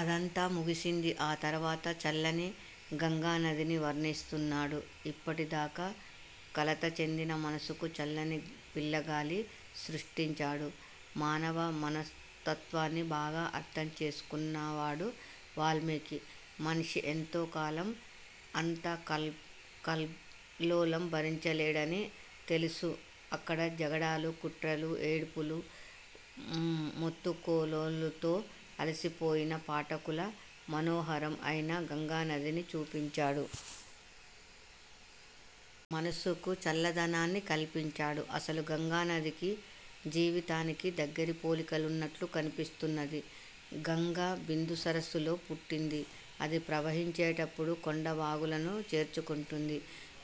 అదంతా ముగిసింది. ఆ తరువాత చల్లని గంగానదిని వర్ణిస్తున్నాడు. ఇప్పటిదాక కలత చెందిన మనసుకు చల్లని పిల్లగాలి సృష్టించాడు. మానవ మనస్తత్వాన్ని బాగా అర్థం చేసుకున్నవాడు వాల్మీకి. మనిషి ఎంతోకాలం అంత కల్లోలం భరించలేడని తెలుసు అక్కడ జగడాలు, కుట్రలు, ఏడ్పులు, మొత్తుకోళ్లతో అలసిపోయిన పాఠకులకు మనోహరం అయిన గంగానదిని చూపించాడు. మనసుకు చల్లదనాన్ని కల్పించాడు. అసలు గంగానదికీ జీవితానికీ దగ్గరి పోలికలున్నట్లు కనిపిస్తున్నది. గంగ బిందుసరస్సులో పుట్టింది. అది ప్రవహించేప్పుడు కొండవాగులను చేర్చుకుంటుంది.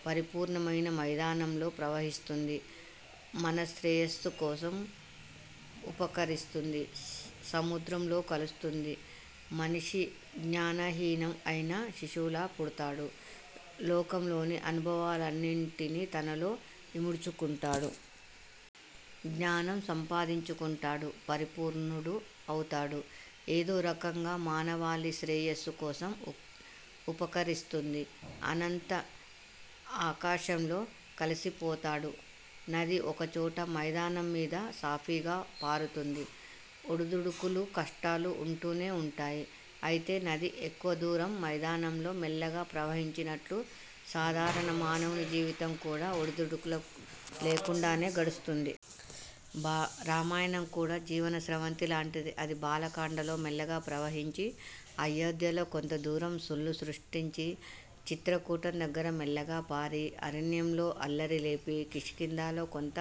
పరిపూర్ణమై మైదానంలో ప్రవహిస్తుంది. మన శ్రేయస్సుకోసం ఉపకరిస్తుంది. సముద్రంలో కలుస్తుంది. మనిషి జ్ఞానహీనం అయిన శిశువులా పుడ్తాడు. లోకంలోని అనుభవాలన్నింటిని తనలో ఇముడ్చుకుంటాడు. జ్ఞానం సంపాదించుకుంటాడు. పరిపూర్ణుడు అవుతాడు. ఏదోరకంగా మానవాళి శ్రేయస్సు కోసం ఉపకరిస్తుంది. అనంతాకాశంలో కలిసిపోతాడు. నది ఒకచోట మైదానం మీద సాఫీగా పారుతుంది. ఒడుదుడుకులూ, కష్టాలూ ఉంటూనే ఉంటాయి. అయితే నది ఎక్కువ దూరం మైదానంలో మెల్లగా ప్రవహించినట్టు సాధారణ మానవుని జీవితం కూడ ఒడుదుడుకులు లేకుండానే గడుస్తుంది. రామాయణం కూడా జీవన స్రవంతిలాంటిదే. అది బాలకాండలో మెల్లగా ప్రవహించి, అయోధ్యలో కొంతదూరం సుళ్ళు సృష్టించి, చిత్రకూటం దగ్గర మెల్లగా పారి, అరణ్యంలో అల్లరి లేపి కిష్కింధలో కొంత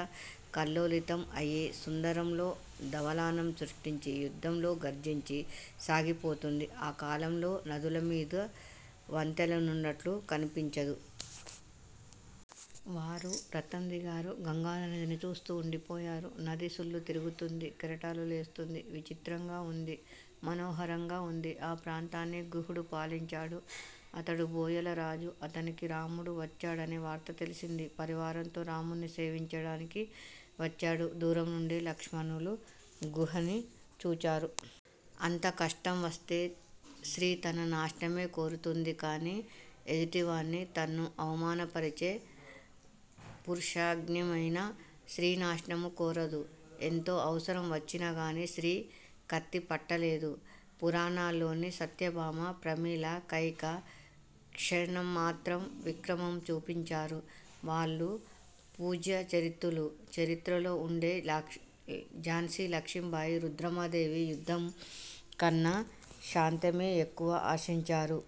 కల్లోలితం అయి, సుందరంలో దవాలనం సృష్టించి, యుద్ధంలో గర్జించి సాగిపోతుంది. ఆ కాలంలో నదులమీద వంతెనలున్నట్లు కనిపించదు. వారు రథం దిగారు. గంగానదిని చూస్తూ ఉండిపోయారు. అది సుళ్ళు తిరుగుతూంది, కెరటాలు లేస్తూంది. విచిత్రంగా ఉంది. మనోహరంగా ఉంది. ఆ ప్రాంతాన్ని గుహుడు పాలించాడు. అతడు బోయలరాజు. అతనికి రాముడు వచ్చాడనే వార్త తెలిసింది. పరివారంతో రాముని సేవించడానికి వచ్చాడు. దూరంనుండే రామలక్ష్మణులు గుహుని చూచారు. అంత కష్టం వస్తే స్త్రీ తన నాశనమే కోరుతుంది. కాని ఎదుటివాణ్ణి తన్ను అవమానపరచే పురుషుణ్ణయినా, స్త్రీ నాశనం కోరలేదు. ఎంతో అవసరం వచ్చినాగాని స్త్రీ కత్తికట్టలేదు. పూరాణాల్లోని సత్యభామ, ప్రమీల, కైక క్షణమాత్రం విక్రమం చూపించారు. వాళ్ళు పూజ్య చరిత్రలు. చరిత్రలో ఉండే ఝాన్సీలక్ష్మీబాయి, రుద్రమదేవి యుద్ధంకన్న శాంతమే యెక్కువ ఆశించారు.